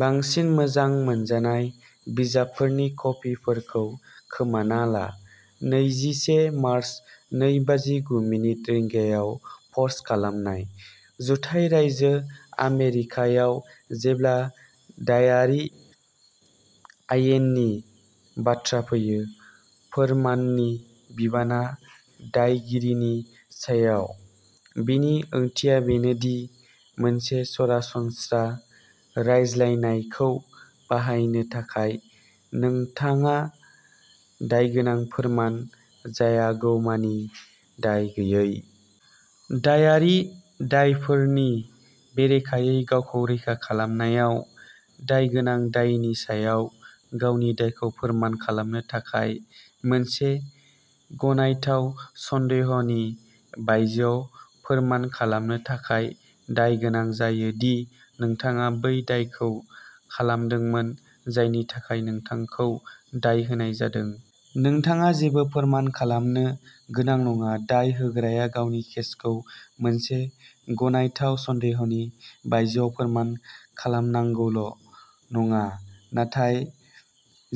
बांसिन मोजां मोनजानाय बिजाबफोरनि कपिफोरखौ खोमाना ला। नैजिसे मार्च, नै बाजि गु मिनिट रिंगायाव पस्ट खालामनाय। जुथाइ रायजो आमेरिकायाव, जेब्ला दायारि आयेननि बाथ्रा फैयो, फोरमाननि बिबाना दायगिरिनि सायाव। बेनि ओंथिया बेनोदि, मोनसे सरासनस्रा रायज्लायनायखौ बाहायनो थाखाय नोंथाङा दायगोनां फोरमान जायागौमानि दाय गैयै। दायारि दायफोरनि बेरेखायै गावखौ रैखा खालामनायाव, दायगोनां दायनि सायाव गावनि दायखौ फोरमान खालामनो थाखाय मोनसे गनायथाव सन्देहनि बायजोआव फोरमान खालामनो थाखाय दाय गोनां जायो दि नोंथाङा बै दायखौ खालामदोंमोन जायनि थाखाय नोंथांखौ दाय होनाय जादों। नोंथाङा जेबो फोरमान खालामनो गोनां नङा। दाय होग्राया गावनि केसखौ मोनसे गनायथाव सन्देहनि बायजोआव फोरमान खालामनांगौल' नङा नाथाय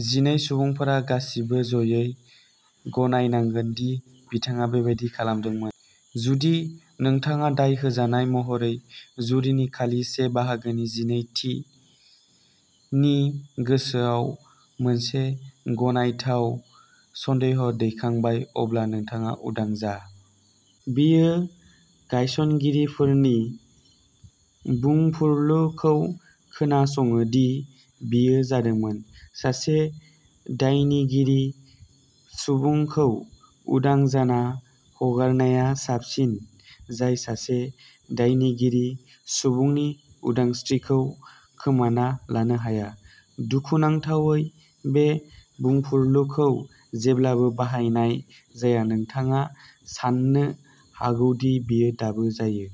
जिनै सुबुंफोरा गासिबो ज'यै गनायनांगोन दि बिथाङा बेबादि खालामदोंमोन। जुदि नोंथाङा दाय होजानाय महरै, जुरिनि खालि से बाहागोनि जिनै थि नि गोसोआव मोनसे गनायथाव सन्देह दैखांबाय, अब्ला नोंथाङा उदां जा। बेयो गायसनगिरिफोरनि बुंफुरलुखौ खोनासङो दि बेयो जादोंमोन। सासे दायनिगिरि सुबुंखौ उदां जाना हगारनाया साबसिन जाय सासे दायनिगिरि सुबुंनि उदांस्रिखौ खोमाना लानो हाया। दुखुनांथावै, बे बुंफुरलुखौ जेब्लाबो बाहायनाय जाया। नोंथाङा साननो हागौ दि बेयो दाबो जायो।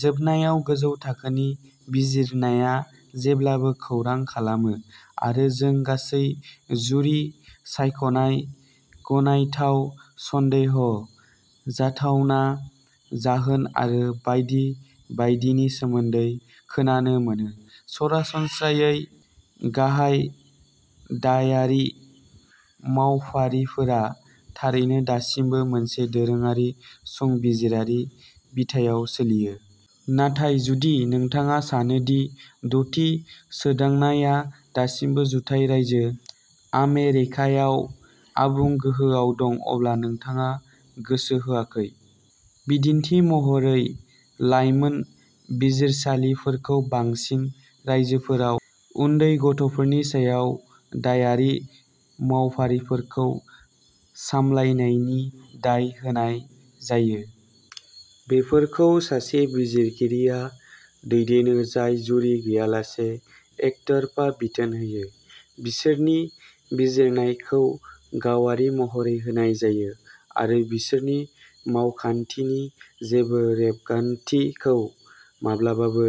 जोबनायाव, गोजौ थाखोनि बिजिरनाया जेब्लाबो खौरां खालामो आरो जों गासै जुरि सायख'नाय गनायथाव सन्देह जाथावना जाहोन आरो बायदि बायदिनि सोमोन्दै खोनानो मोनो। सरासनस्रायै, गाहाय दायारि मावफारिफोरा थारैनो दासिमबो मोनसे दोरोङारि, संबिजिरारि बिथायाव सोलियो। नाथाय जुदि नोंथाङा सानो दि द'थि सोदांनायआ दासिमबो जुथाइ रायजो आमेरिकायाव आबुं गोहोआव दं अब्ला नोंथाङा गोसो होआखै। बिदिन्थि महरै लाइमोन बिजिरसालिफोरखौ बांसिन रायजोफोराव उन्दै गथ'फोरनि सायाव दायारि मावफारिफोरखौ सामलायनायनि दाय होनाय जायो। बेफोरखौ सासे बिजिरगिरिया दैदेनो जाय जुरि गैयालासे एकतरफा बिथोन होयो, बिसोरनि बिजिरनायखौ गावारि महरै होनाय जायो, आरो बिसोरनि मावखान्थिनि जेबो रेबगान्थिखौ माब्लाबाबो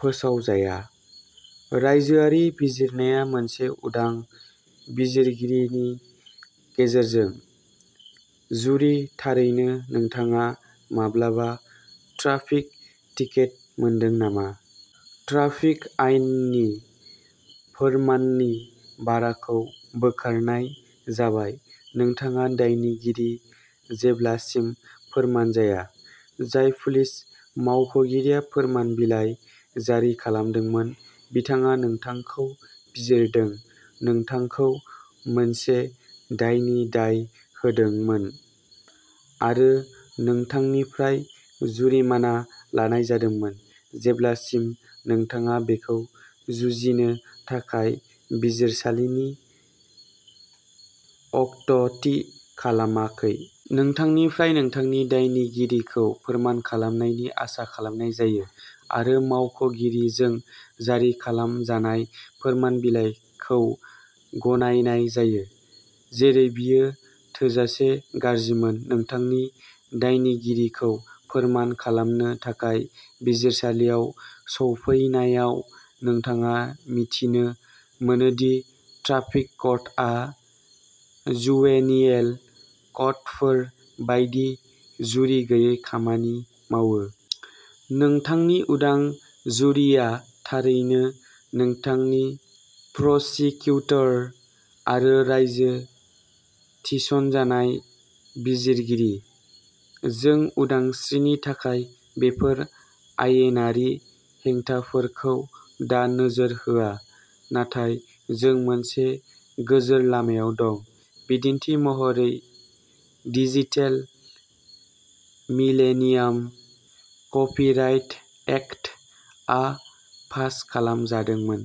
फोसावजाया। रायजोआरि बिजिरनाया, मोनसे उदां बिजिरगिरिनि गेजेरजों। जुरि थारैनो, नोंथाङा माब्लाबा ट्राफिक टिकेट मोनदों नामा? ट्राफिक आयेननि फोरमाननि भाराखौ बोखारनाय जाबाय नोंथाङा दायनिगिरि जेब्लासिम फोरमान जाया। जाय पुलिस मावख'गिरिया फोरमान बिलाइ जारि खालामदोंमोन, बिथाङा नोंथांखौ बिजिरदों नोंथांखौ मोनसे दायनि दाय होदोंमोन आरो नोंथांनिफ्राय जुरिमाना लानाय जादोंमोन जेब्लासिम नोंथाङा बेखौ जुजिनो थाखाय बिजिरसालिनि अक्ट'थि खालामाखै। नोंथांनिफ्राय नोंथांनि दायनिगिरिखौ फोरमान खालामनायनि आसा खालामनाय जायो, आरो मावख'गिरिजों जारि खालामजानाय फोरमान बिलाइखौ गनायनाय जायो। जेरै बेयो थोजासे गाज्रिमोन, नोंथांनि दायनिगिरिखौ फोरमान खालामनो थाखाय बिजिरसालियाव सौफैनायाव नोंथाङा मिथिनो मोनो दि ट्राफिक कर्टआ जुवेनियेल कर्टफोर बायदि जुरि गैयै खामानि मावो। नोंथांनि उदां जुरिआ थारैनो नोंथांनि प्रसिकिउटर आरो रायजो थिसनजानाय बिजिरगिरि। जों उदांस्रिनि थाखाय बेफोर आयेनारि हेंथाफोरखौ दा नोजोर होआ नाथाय जों मोनसे गोजोर लामायाव दं। बिदिन्थि महरै डिजिटेल मिलेनियाम कपिराइट एक्ट आ पास खालामजादोंमोन।